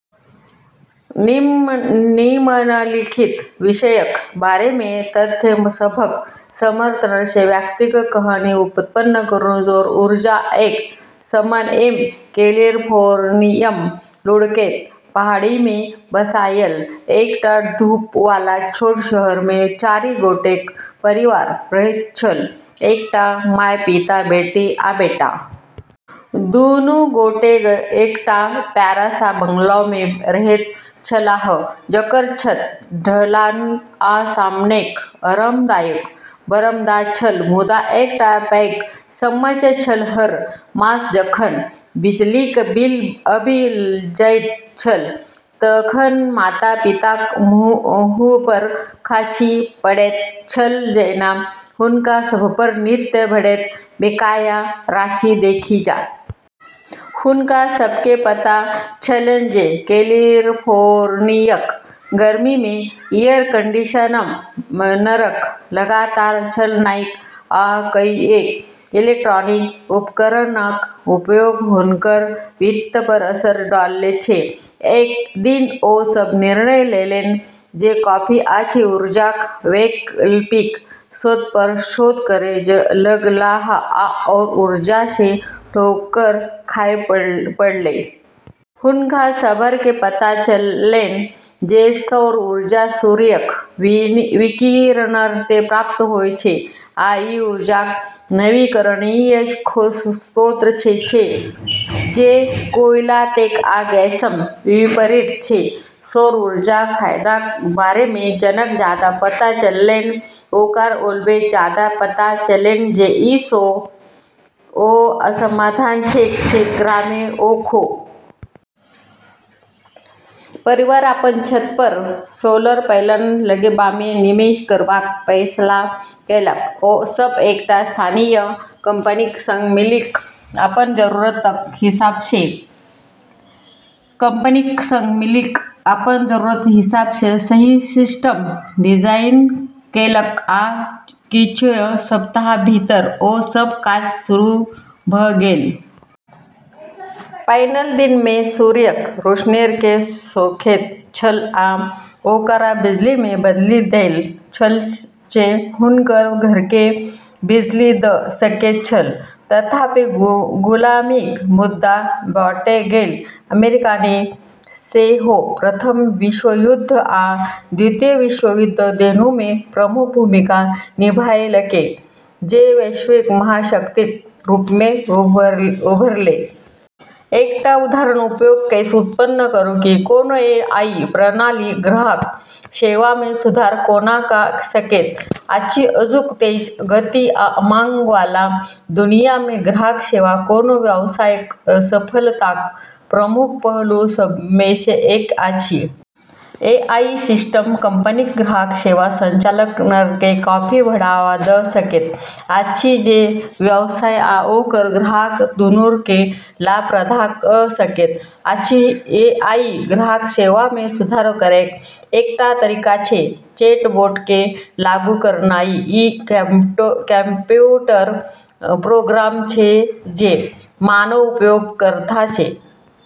निम्नलिखित विषयक बारेमे तथ्य सभक समर्थनसँ व्यक्तिगत कहानी उत्पन्न करू सौर ऊर्जा एक समयमे कैलिफोर्नियाक लुढ़कैत पहाड़ीमे बसाएल एकटा धूप वाला छोट शहरमे चारि गोटेक परिवार रहैत छल: एकटा माय, पिता, बेटी आ बेटा। दुनू गोटे एकटा प्यारा सा बंगलामे रहैत छलाह, जकर छत ढलान आ सामनेक आरामदायक बरामदा छल। मुदा एकटा पैघ समस्या छल हर मास जखन बिजलीक बिल आबि जाइत छल तखन माता-पिताक मुँहपर खसि पड़ैत छल जेना हुनका सभपर नित्य बढ़ैत बकाया राशि देखि जाइत छलैन। हुनका सभकेँ पता छलैन जे कैलिफोर्नियाक गर्मीमे एयर कंडीशनरक लगातार चलनाइ आ कईएक इलेक्ट्रॉनिक उपकरणक उपयोग हुनकर वित्तपर असर डालैत छै। एक दिन, ओ सभ निर्णय लेलैन जे काफी अछि। ऊर्जाक वैकल्पिक स्रोतपर शोध करै लगलाह, आ सौर ऊर्जासँ ठोकर खाय पड़लैन। हुनका सभकेँ पता चललैन जे सौर ऊर्जा सूर्यक विकिरणसँ प्राप्त होइत छै आ ई ऊर्जाक नवीकरणीय स्रोत छै, जे कोयला, तेल आ गैसक विपरीत छै। सौर ऊर्जाक फायदाक बारेमे जतेक जादा पता चललैन, ओकरा ओतबे जादा पता चललैन जे ई ओ समाधान छैक जेकरामे ओ खोज कऽ रहल छलाह। परिवार अपन छतपर सोलर पैनल लगेबामे निवेश करबाक फैसला केलक। ओ सभ एकटा स्थानीय कंपनीक संग मिलि कऽ अपन जरूरतक हिसाबसँ सही सिस्टम डिजाइन केलक, आ किछुए सप्ताहक भीतर ओ सभ काज शुरू भऽ गेल। पैनल दिनमे सूर्यक रोशनीकेँ सोखैत छल, आ ओकरा बिजलीमे बदलि दैत छल जे हुनकर घरकेँ बिजली दऽ सकैत छल। तथापि, गुलामीक मुद्दा बँटि गेल। अमेरिकाने सेहो प्रथम विश्वयुद्ध आ द्वितीय विश्वयुद्ध दोनूमे प्रमुख भूमिका निभाएलकै, जे वैश्विक महाशक्तिक रूपमे उभरलै। एकटा उदाहरण उपयोग केस उत्पन्न करू कि कोनो एआई प्रणाली ग्राहक सेवामे सुधार कोना कऽ सकैत अछि। आजुक तेज गति आ मांग वाला दुनियामे ग्राहक सेवा कोनो व्यवसायक सफलताक प्रमुख पहलू सभमेसँ एक अछि। एआई सिस्टम कंपनीक ग्राहक सेवा संचालनकेँ काफी बढ़ावा दऽ सकैत अछि, जे व्यवसाय आ ओकर ग्राहक दूनूकेँ लाभ प्रदान कऽ सकैत अछि। एआई ग्राहक सेवामे सुधार करैक एकटा तरीका छै चैटबोटकेँ लागू करनाइ। ई कंप्यूटर प्रोग्राम छै जे मानव उपयोगकर्तासँ